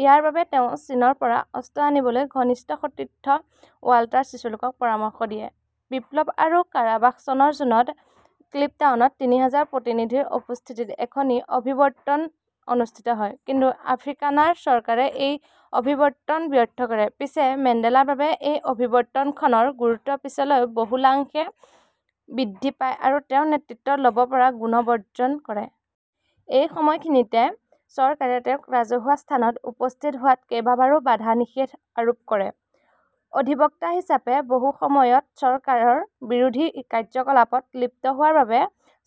ইয়াৰ বাবে তেওঁ চীনৰ পৰা অস্ত্ৰ আনিবলৈ ঘনিষ্ঠ সতীৰ্থ ৱাল্টাৰ ছিছুলুক পৰামৰ্শ দিয়ে। বিপ্লৱ আৰু কাৰাবাস চনৰ জুনত ক্লিপ্টাউনত তিনিহাজাৰ প্ৰতিনিধিৰ উপস্থিতিত এখনি অভিৱৰ্তন অনুষ্ঠিত হয়। কিন্তু আফ্ৰিকানাৰ চৰকাৰে এই অভিৱৰ্তন ব্যৰ্থ কৰে৷ পিচে মেণ্ডেলাৰ বাবে এই অভিৱৰ্তনখনৰ গুৰুত্ব পিছলৈ বহুলাংশে বৃদ্ধি পায় আৰু তেওঁ নেতৃত্ব ল'ব পৰা গুণ বৰ্জন কৰে। এই সময়খিনিতে চৰকাৰে তেওঁক ৰাজহুৱা স্থানত উপস্থিত হোৱাত কেইবাবাৰো বাধা নিষেধ আৰোপ কৰে। অধিবক্তা হিচাপে বহুসময়ত চৰকাৰৰ বিৰোধী কাৰ্যকলাপত লিপ্ত হোৱাৰ বাবে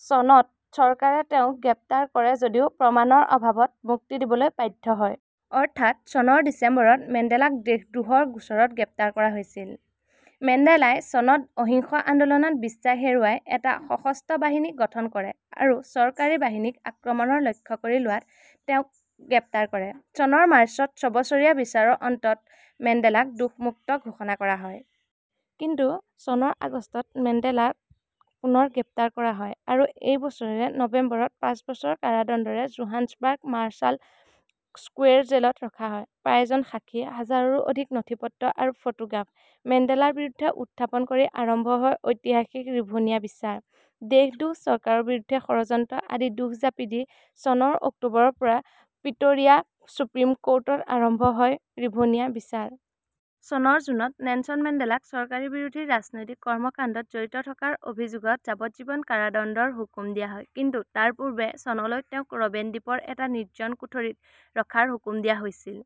চনত চৰকাৰে তেওঁক গ্ৰেপ্তাৰ কৰে যদিও প্ৰমাণৰ অভাৱত মুক্তি দিবলৈ বাধ্য হয়। অৰ্থাৎ চনৰ ডিচেম্বৰত মেণ্ডেলাক দেশদ্ৰোহৰ গোচৰত গ্ৰেপ্তাৰ কৰা হৈছিল। মেণ্ডেলাই চনত অহিংস আন্দোলনত বিশ্বাস হেৰুৱাই এটা সশস্ত্ৰ বাহিনী গঠন কৰে আৰু চৰকাৰী বাহিনীক আক্ৰমণৰ লক্ষ্য কৰি লোৱাত তেওঁক গ্ৰেপ্তাৰ কৰে। চনৰ মাৰ্চত ছবছৰীয়া বিচাৰৰ অন্তত মেণ্ডেলাক দোষমুক্ত ঘোষণা কৰা হয়। কিন্তু চনৰ আগষ্টত মেণ্ডেলাক পুনৰ গ্ৰেপ্তাৰ কৰা হয় আৰু এই বছৰৰে নৱেম্বৰত পাঁচবছৰৰ কাৰাদণ্ডেৰে জোহান্সবাৰ্গ মাৰ্ছাল স্কোৱেৰ জেলত ৰখা হয়। প্ৰায় জন সাক্ষী, হাজাৰৰো অধিক নথি-পত্ৰ আৰু ফটোগ্ৰাফ মেণ্ডেলাৰ বিৰুদ্ধে উত্থাপন কৰি আৰম্ভ হয় ঐতিহাসিক ৰিভ'নিয়া বিচাৰ ৷ দেশদ্ৰোহ, চৰকাৰৰ বিৰুদ্ধে ষড়যন্ত্ৰ আদি দোষ জাপি দি চনৰ অক্টোবৰৰ পৰা প্ৰিট'ৰিয়া ছুপ্ৰিম ক'ৰ্টত আৰম্ভ হয় ৰিভ'নিয়া বিচাৰ। চনৰ জুনত নেলছন মেণ্ডেলাক চৰকাৰবিৰোধী ৰাজনৈতিক কৰ্মকাণ্ডত জড়িত থকাৰ অভিযোগত যাৱজ্জীৱন কাৰাদণ্ডৰ হুকুম দিয়া হয়। কিন্তু তাৰ পূৰ্বে চনলৈ তেওঁক ৰ'বেন দ্বীপৰ এটা নিৰ্জন কুঠৰীত ৰখাৰ হুকুম দিয়া হৈছিল।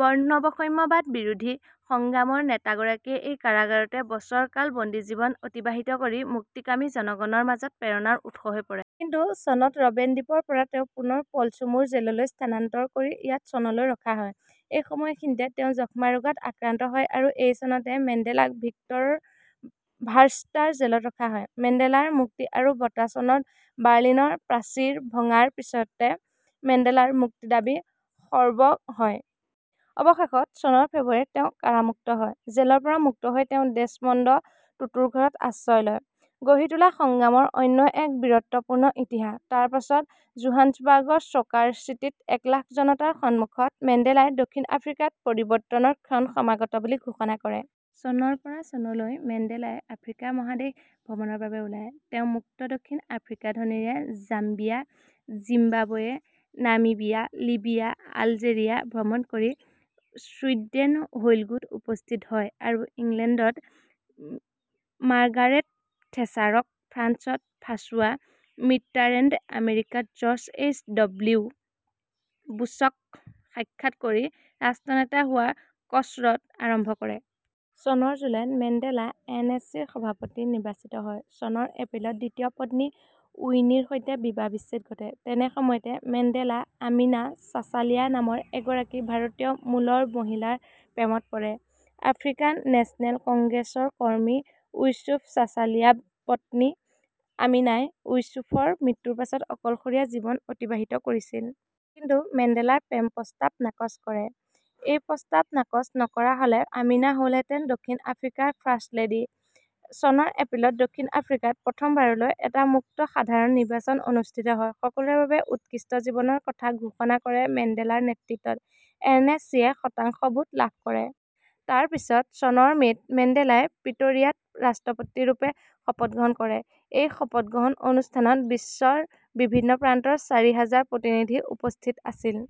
বৰ্ণবৈষম্যবাদ বিৰোধী সংগ্ৰামৰ নেতাগৰাকীয়ে এই কাৰাগাৰতে বছৰ কাল বন্দীজীৱন অতিবাহিত কৰি মুক্তিকামী জনগণৰ মাজত প্ৰেৰণাৰ উৎস হৈ পৰে। কিন্তু চনত ৰ'বেন দ্বীপৰ পৰা তেওঁক পুনৰ পলছুমুৰ জে'ললৈ স্থানান্তৰ কৰি ইয়াত চনলৈ ৰখা হয়। এই সময়খিনিতে তেওঁ যক্ষ্মা ৰোগত আক্ৰান্ত হয় আৰু সেই চনতে মেণ্ডেলাক ভিক্টৰ ভাৰ্ছষ্টাৰ জে'লত ৰখা হয়। মেণ্ডেলাৰ মুক্তি আৰু বঁটা চনত বাৰ্লিনৰ প্ৰাচীৰ ভঙাৰ পিছতে মেণ্ডেলাৰ মুক্ত দাবী সৰৱৰ হয়। অৱশেষত চনৰ ফেব্ৰুৱাৰীত তেওঁ কাৰামুক্ত হয়। জে'লৰ পৰা মুক্ত হৈয়ে তেওঁ ডেছমণ্ড টুটুৰ ঘৰত আশ্ৰয় লয়। গঢ়ি তোলা সংগ্ৰামৰ অন্য এক বীৰত্বপূৰ্ণ ইতিহাস। তাৰ পাছত জোহান্সবাৰ্গৰ ছ'কাৰ চিটিত একলাখ জনতাৰ সন্মুখত মেণ্ডেলাই দক্ষিণ আফ্ৰিকাত পৰিৱৰ্তনৰ ক্ষণ সমাগত বুলি ঘোষণা কৰে। চনৰ পৰা চনলৈ মেণ্ডেলাই আফ্ৰিকা মহাদেশ ভ্ৰমণৰ বাবে ওলায়৷ তেওঁ 'মুক্ত দক্ষিণ আফ্ৰিকা' ধ্বনিৰে Zambia, Zimbabwe, Namibia, Libya, Algeria ভ্ৰমণ কৰি ছুইডেন হৈলগুত উপস্থিত হয় আৰু ইংলণ্ডত মাৰ্গাৰেট থেচ্ছাৰক, ফ্ৰান্সত ফ্ৰাছোৱা মিট্ৰাৰেণ্ড, আমেৰিকাত জৰ্জ এইচ ডব্লিউ বুশ্বক সাক্ষাৎ কৰি ৰাষ্ট্ৰনেতা হোৱাৰ কছৰৎ আৰম্ভ কৰে। চনৰ জুলাইত মেণ্ডেলা এ এন চিৰ সভাপতি নিৰ্বাচিত হয়। চনৰ এপ্ৰিলত দ্বিতীয়া পত্নী উইনিৰ সৈতে বিবাহ বিচ্ছেদ ঘটে। তেনে সময়তে মেণ্ডেলা আমিনা চাচালিয়া নামৰ এগৰাকী ভাৰতীয় মূলৰ মহিলাৰ প্ৰেমত পৰে। আফ্ৰিকান নেচনেল কংগ্ৰেছ ৰ কৰ্মী ইউচুফ চাচালিয়াব পত্নী আমিনাই ইউচুফৰ মৃত্যুৰ পাছত অকলশৰীয়া জীৱন অতিবাহিত কৰিছিল। কিন্তু মেণ্ডেলাৰ প্ৰেম প্ৰস্তাৱ তেওঁ নাকচ কৰে। সেই প্ৰস্তাৱ নাকচ নকৰাহ'লে আমিনা হ'লহেঁতেন দক্ষিণ আফ্ৰিকাৰ 'ফাৰ্ষ্ট লেডী'। চনৰ এপ্ৰিলত দক্ষিণ আফ্ৰিকাত প্ৰথমবাৰলৈ এটা মুক্ত সাধাৰণ নিৰ্বাচন অনুষ্ঠিত হয়। সকলোৰে বাবে উৎকৃষ্ট জীৱন'ৰ কথা ঘোষণা কৰা মেণ্ডেলাৰ নেতৃত্বত এ এন চিয়ে শতাংশ ভোট লাভ কৰে। তাৰ পিছত চনৰ মে'ত মেণ্ডেলাই প্ৰিট'ৰিয়াত ৰাষ্ট্ৰপতিৰূপে শপতগ্ৰহণ কৰে। এই শপগ্ৰহণ অনুষ্ঠানত বিশ্বৰ বিভিন্ন প্ৰান্তৰ চাৰি হাজাৰ প্ৰতিনিধি উপস্থিত আছিল।